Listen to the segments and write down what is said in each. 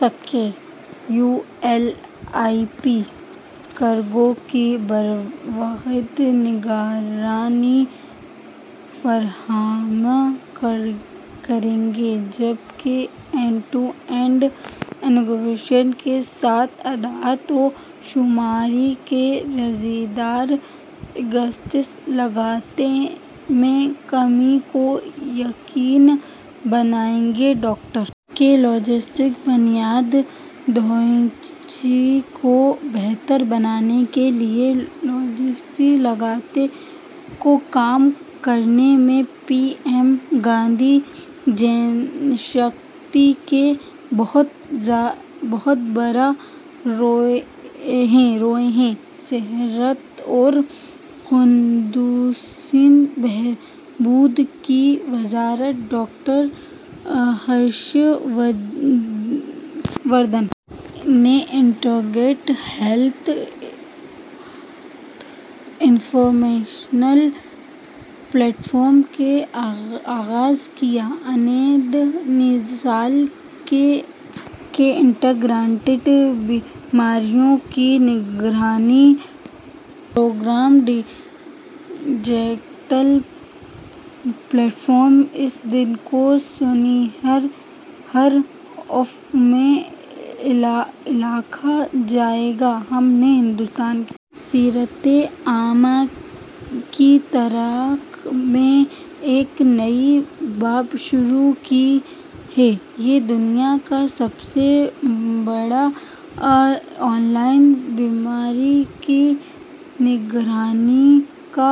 سکے U L I P cargo کی بروقت نگرانی فراہم کرے گا جبکہ اینڈ ٹو اینڈ انکرپشن کے ساتھ اعداد و شمار کی رازداری لاجسٹکس لاگت میں کمی کو یقینی بنائے گا ڈاکٹر کہ لاجسٹکس بنیادی ڈھانچے کو بہتر بنانے کے لیے لاجسٹک لاگت کو کم کرنے میں پی ایم گتی شکتی کا بہت بڑا رول ہے صحت اور خاندانی بہبود کی وزارت ڈاکٹر ہرش وردھن نے integrated health information platform کا آغاز کیا آئندہ نسل کے انٹیگریٹڈ بیماریوں کی نگرانی پروگرام ڈیجیٹل پلیٹ فارم اس دن کو سنہری حروف میں لکھا جائے گا ہم نے ہندوستان کی صحت عامہ کی تاریخ میں ایک نیا باب شروع کیا ہے یہ دنیا کا سب سے بڑا آن لائن بیماری کی نگرانی کا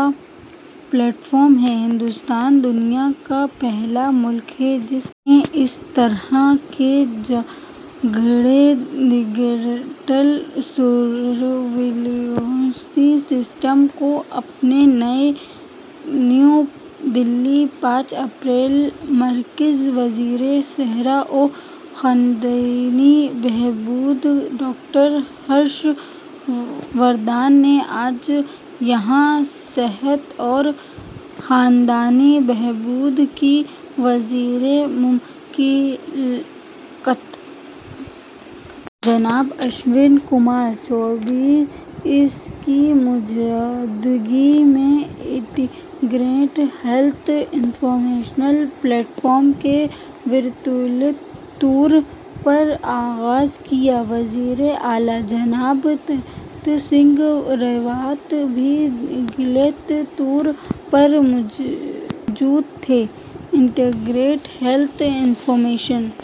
پلیٹ فارم ہے ہندوستان دنیا کا پہلا ملک ہے جس نے اس طرح کے جدید ڈیجیٹل سرویلنس سسٹم کو اپنایا نئی دہلی پانچ اپریل مرکزی وزیر صحت و خاندانی بہبود ڈاکٹر ہرش وردھن نے آج یہاں صحت اور خاندانی بہبود کے وزیر مملکت جناب اشونی کمار چوبے کی موجودگی میں integrated health information platform کا ورچوئلی طور پر آغاز کیا وزیر اعلی جناب تیرتھ سنگھ راوت بھی ڈیجیٹل طور پر موجود تھے انٹیگریٹڈ ہیلتھ انفارمیشن